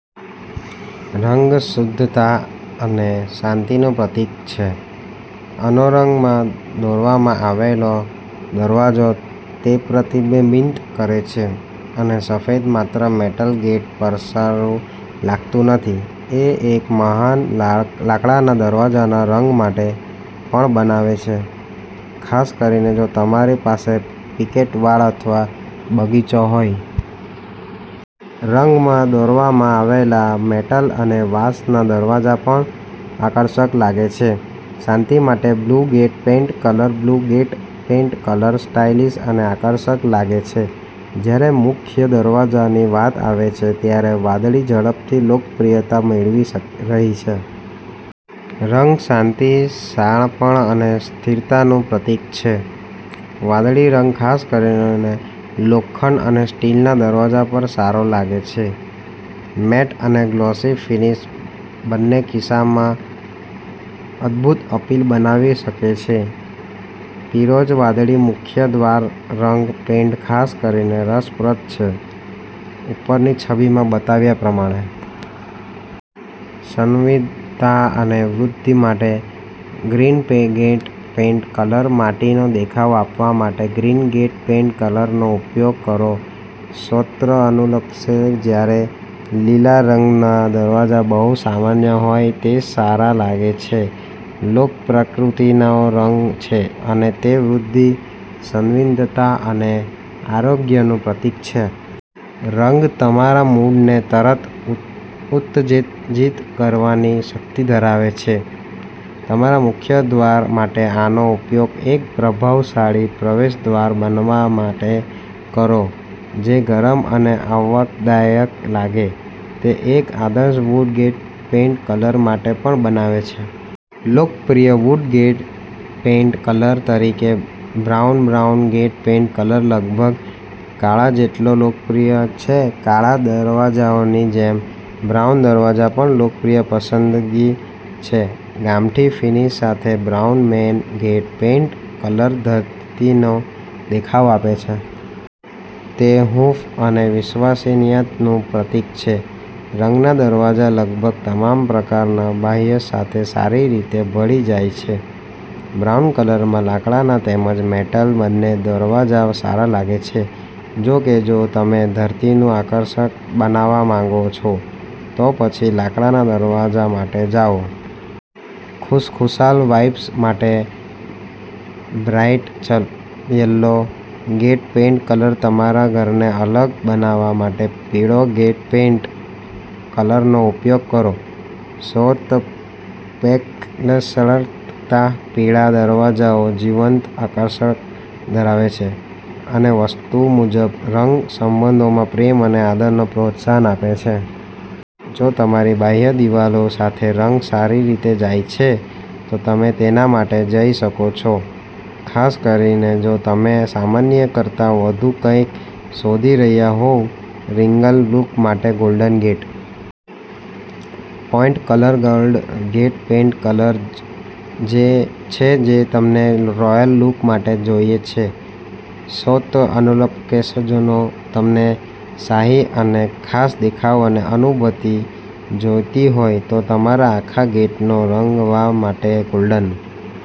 રંગ શુદ્ધતા અને શાંતિનું પ્રતીક છે અનેરંગમાં દોરવામાં આવેલો દરવાજો તેપ્રતિબિંબિત કરે છે. અને સફેદ માત્ર મેટલ ગેટ પરસારું લાગતું નથી. તે એક મહાન લાકડાના દરવાજાના રંગ માટે પણ બનાવે છે, ખાસ કરીને જો તમારી પાસે પિકેટ વાડ અથવા બગીચો હોય. રંગમાં દોરવામાં આવેલા મેટલ અને વાંસના દરવાજા પણ આકર્ષક લાગે છે. શાંતિ માટે blue gate paint colour blue gate paint colour stylish અને આકર્ષક લાગે છે જ્યારે મુખ્ય દરવાજાની વાત આવે છે ત્યારે વાદળી ઝડપથી લોકપ્રિયતા મેળવી રહી છે. રંગ શાંતિ, શાણપણ અને સ્થિરતાનું પ્રતીક છે. વાદળી રંગ ખાસ કરીને લોખંડ અને સ્ટીલના દરવાજા પર સારો લાગે છે. મેટ અને ગ્લોસી ફિનીશ બંનેકિસ્સામાં અદભૂત અપીલ બનાવી શકે છે. પીરોજ વાદળી મુખ્ય દ્વાર રંગ પેઇન્ટ ખાસ કરીને રસપ્રદ છે, ઉપરની છબીમાં બતાવ્યા પ્રમાણે. સંવાદિતા અને વૃદ્ધિ માટે ગ્રીન ગેટ પેઇન્ટ કલર માટીનો દેખાવ આપવા માટે ગ્રીન ગેટ પેઇન્ટ કલરનો ઉપયોગ કરો સ્રોતઅનસ્પ્લેશજ્યારે લીલા રંગના દરવાજા બહુ સામાન્યહોય, તે સારા લાગે છે. લીલોપ્રકૃતિનો રંગ છે અને તે વૃદ્ધિ, સંવિદતા અને આરોગ્યનું પ્રતીક છે. રંગ તમારા મૂડને તરતઉત્તેજીત કરવાની શક્તિ ધરાવે છે. તમારા મુખ્ય દ્વાર માટે આનો ઉપયોગ એક પ્રભાવશાળી પ્રવેશદ્વાર બનાવા માટે કરો જે ગરમ અને આવકદાયક લાગે. તે એક આદર્શ વુડ ગેટ પેઇન્ટ કલર માટે પણ બનાવે છે. લોકપ્રિય વુડ ગેટ પેઇન્ટ કલર તરીકે brown brown gate paint colour લગભગ કાળા જેટલોલોકપ્રિય છે કાળા દરવાજાઓની જેમ, બ્રાઉન દરવાજા પણ લોકપ્રિય પસંદગી છે. ગામઠી ફિનિશ સાથે brown main gate paint colour ધરતીનો દેખાવ આપે છે. તે હૂંફ અને વિશ્વસનીયતાનું પ્રતીક છે. રંગના દરવાજા લગભગ તમામ પ્રકારના બાહ્ય સાથે સારી રીતે ભળી જાય છે. બ્રાઉન કલરમાં લાકડાના તેમજ મેટલ બંને દરવાજા સારા લાગે છે. જો કે, જો તમે ધરતીનું આકર્ષણ બનાવવા માંગો છો, તો પછી લાકડાના દરવાજા માટે જાઓ. ખુશખુશાલ વાઇબ્સ માટે bright yellow gate paint colour તમારા ઘરને અલગ બનાવવા માટે પીળા ગેટ પેઇન્ટ કલરનો ઉપયોગ કરો સ્રોતપેક્સેલ્સચળકતા પીળા દરવાજાઓ જીવંત આકર્ષણ ધરાવે છે, અને વાસ્તુ મુજબ, રંગ સંબંધોમાં પ્રેમ અને આદરને પ્રોત્સાહન આપે છે. જો તમારી બાહ્ય દિવાલો સાથે રંગ સારી રીતે જાય છે, તો તમે તેના માટે જઈ શકો છો, ખાસ કરીને જો તમે સામાન્ય કરતાં વધુ કંઈક શોધી રહ્યાં હોવ. રીગલ લુક માટે golden gate paint colour golden gate paint કલરજ છે જે તમને રોયલ લુક માટે જોઈએ છે સ્રોતઅનસ્પ્લેશજો તમને શાહી અને ખાસ દેખાવ અને અનુભૂતિ જોઈતી હોય તો તમારા આખા ગેટને રંગવા માટે ગોલ્ડન